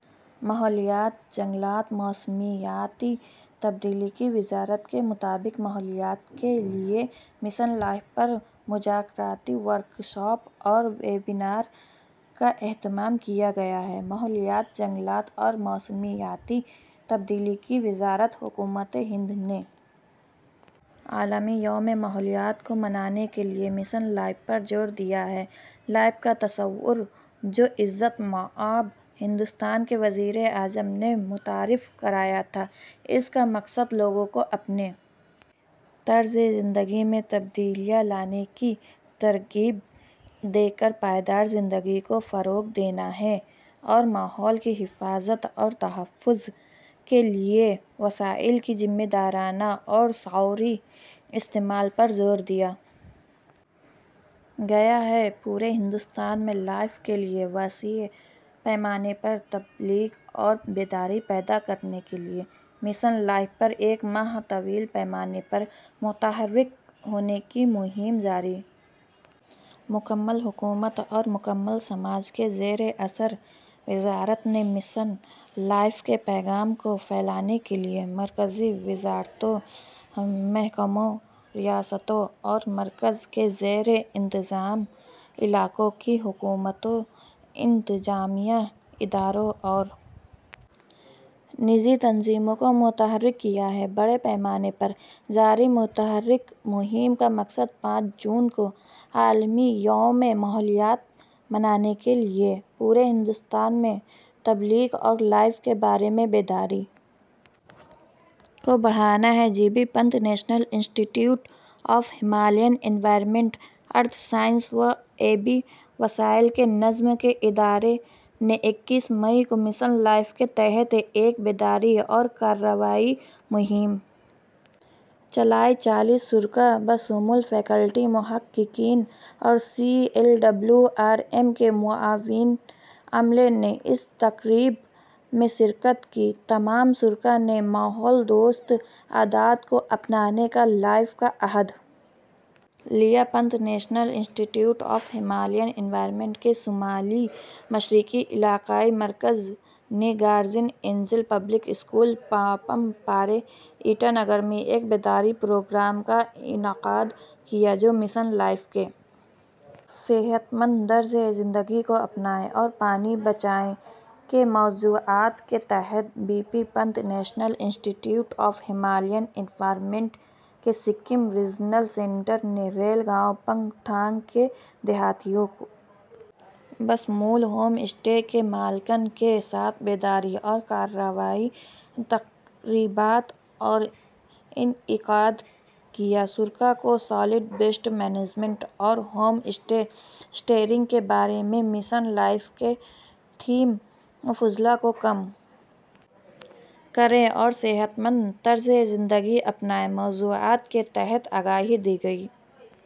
ماحولیات جنگلات اور موسمیاتی تبدیلی کی وزارت کے مطابق ماحولیات کے لیے مشن لائف پر مذاکراتی ورکشاپ اور ویبینار کا اہتمام کیا گیا ماحولیات جنگلات اور موسمیاتی تبدیلی کی وزارت حکومت ہند نے عالمی یوم ماحولیات کو منانے کے لیے مشن لائف پر زور دیا ہے لائف کا تصور جو عزت مآب ہندوستان کے وزیر اعظم نے متعارف کرایا تھا اس کا مقصد لوگوں کو اپنے طرز زندگی میں تبدیلیاں لانے کی ترغیب دے کر پائیدار زندگی کو فروغ دینا ہے اور ماحول کی حفاظت اور تحفظ کے لیے وسائل کے ذمہ دارانہ اور شعوری استعمال پر زور دیا گیا ہے پورے ہندوستان میں لائف کے لیے وسیع پیمانے پر تبلیغ اور بیداری پیدا کرنے کے لیے مشن لائف پر ایک ماہ طویل بڑے پیمانے پر متحرک ہونے کی مہم جاری ہے مکمل حکومت اور مکمل سماج کے زیر اثر وزارت نے مشن لائف کے پیغام کو پھیلانے کے لیے مرکزی وزارتوں محکموں ریاستوں اور مرکز کے زیر انتظام علاقوں کی حکومتوں انتظامیہ اداروں اور نجی تنظیموں کو متحرک کیا ہے بڑے پیمانے پر جاری متحرک مہم کا مقصد پانچ جون کو عالمی یوم ماحولیات منانے کے لیے پورے ہندوستان میں تبلیغ اور لائف کے بارے میں بیداری کو بڑھانا ہے جی بی پنت نیشنل انسٹی ٹیوٹ آف ہمالیائی ماحولیات ارضیات و آبی وسائل کے نظم کے ادارے نے اکتیس مئی کو مشن لائف کے تحت ایک بیداری اور کارروائی مہم چلائی چالیس شرکا بشمول فیکلٹی محققین اور C L W R M کے معاون عملے نے اس تقریب میں شرکت کی تمام شرکا نے ماحول دوست عادات کو اپنانے کا لائف کا عہد لیا پنت نیشنل انسٹی ٹیوٹ آف ہمالین انوائرنمنٹ کے شمال مشرقی علاقائی مرکز نے guardian angel public school Papum Pare ایٹا نگر میں ایک بیداری پروگرام کا انعقاد کیا جو مشن لائف کے صحت مند طرز زندگی کو اپنائیں اور پانی بچائیں کے موضوعات کے تحت تھا جی بی پنت نیشنل انسٹی ٹیوٹ آف ہمالین انوائرنمنٹ کے سکم ریجنل سینٹر نے ریل گاؤں پنگتھانگ کے دیہاتیوں بشمول ہوم اسٹے کے مالکان کے ساتھ بیداری اور کارروائی تقریبات کا انعقاد کیا شرکا کو سالڈ ویسٹ مینجمنٹ اور ہوم اسٹے اسٹیئرنگ کے بارے میں مشن لائف کے تھیم فضلہ کو کم کریں اور صحت مند طرز زندگی اپنائیں موضوعات کے تحت آگاہی دی گئی